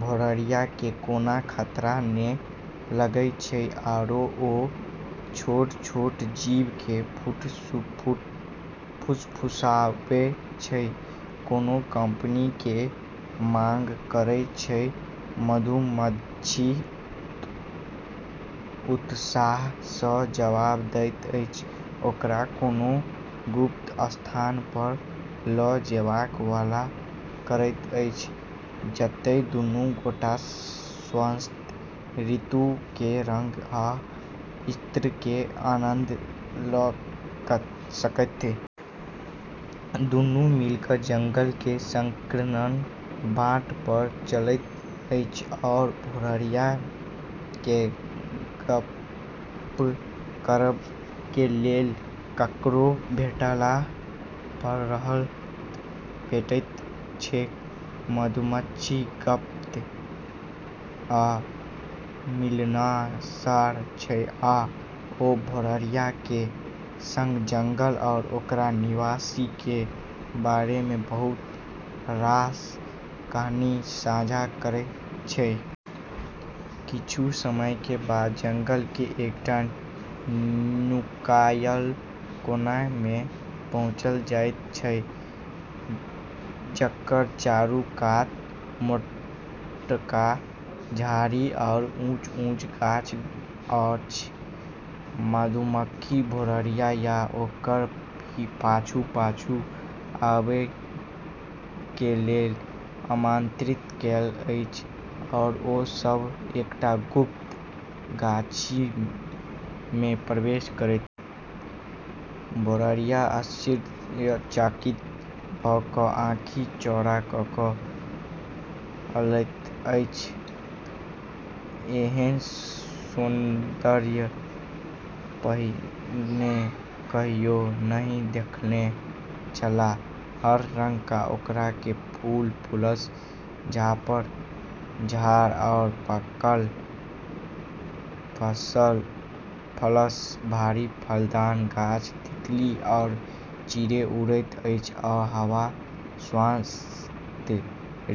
भेड़िया केँ कोनो खतरा नै लगै छै, आरो ओ छोट-छोट जीव केँ फुसफुसाबै छै, कोनो कंपनी के मांग करै छै। मधुमाछी उत्साह सँ जवाब दैत अछि, ओकरा कोनो गुप्त स्थान पर ल' जेबाक वादा करैत अछि जतय दुनू गोटे वसंत ऋतु के रंग आ इत्र के आनंद ल' सकथि। दुनू मिलि क' जंगल के संकीर्ण बाट पर चलैत अछि, आ भेड़िया केँ गप्प करब के लेल ककरो भेटला पर राहत भेटैत छैक। मधुमाछी गप्पी आ मिलनसार छै, आ ओ भेड़िया के संग जंगल आ ओकर निवासी के बारे में बहुत रास कहानी साझा करै छै। किछु समय के बाद जंगल के एकटा नुकायल कोना में पहुँचि जाइत छथि, जकर चारू कात मोटका झाड़ी आ ऊँच-ऊँच गाछ अछि। मधुमाछी भेड़िया के ओकर पाछू-पाछू आबय के लेल आमंत्रित करैत अछि, आ ओ सभ एकटा गुप्त गाछी में प्रवेश करैत अछि। भेड़िया आश्चर्यचकित भ' कऽ आँखि चौड़ा क' लैत अछि। एहन सौन्दर्य पहिने कहियो नहि देखने छलाह। हर रंग आ आकार के फूल, फूलसँ झाँपल झाड़, आ पाकल फलसँ भारी फलदार गाछ। तितली आ चिड़ै उड़ैत अछि, आ हवा वसंत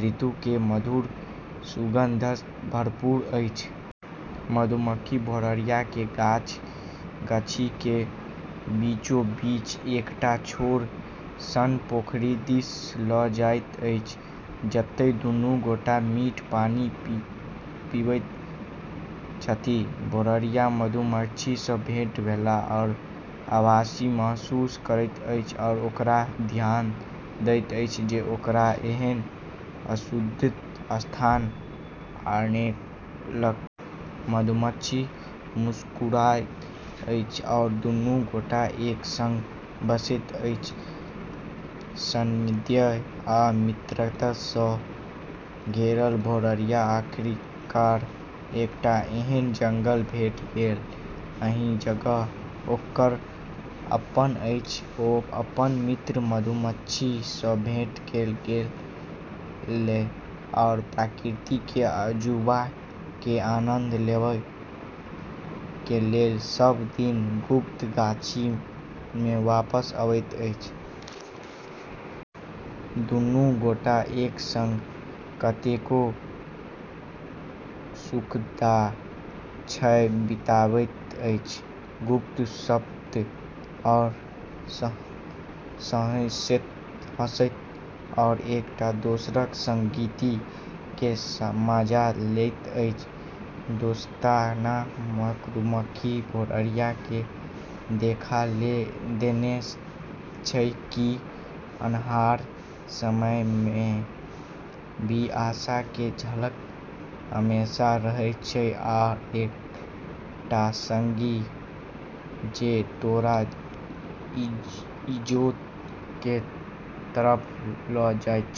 ऋतु के मधुर सुगंधसँ भरपूर अछि। मधुमाछी भेड़िया के गाछी के बीचोबीच एकटा छोट सन पोखरि दिस लऽ जाइत अछि, जतय दुनू गोटे मीठ पानि पीबैत छथि। भेड़िया मधुमाछी सँ भेंट भेला पर आभारी महसूस करैत अछि, आ ओकरा धन्यवाद दैत अछि जे ओकरा एहन अद्भुत स्थान पर आनेलक। मधुमाछी मुस्कुराइत अछि, आ दुनू गोटे एक संग बैसैत छथि, सौन्दर्य आ मित्रता सँ घेरल। भेड़िया आखिरकार एकटा एहन जगह भेट गेल अछि जतय ओकर अपन अछि। ओ अपन मित्र मधुमाछी सँ भेंट करय के लेल आ प्रकृति के अजूबा के आनंद लेबय के लेल सब दिन गुप्त गाछी में वापस अबैत छथि। दुनू गोटे एक संग कतेको सुखद क्षण बिताबैत छथि, गप्प-सप्प आ हँसैत-हँसैत, आ एक-दोसरक संगति में मजा लैत छथि। दोस्ताना मधुमक्खी भेड़िया के देखा देने छै कि अन्हार समय में भी आशा के झलक हमेशा रहै छै आ एक टा संगी जे तोरा इजोत के तरफ ल' जाइत छौ।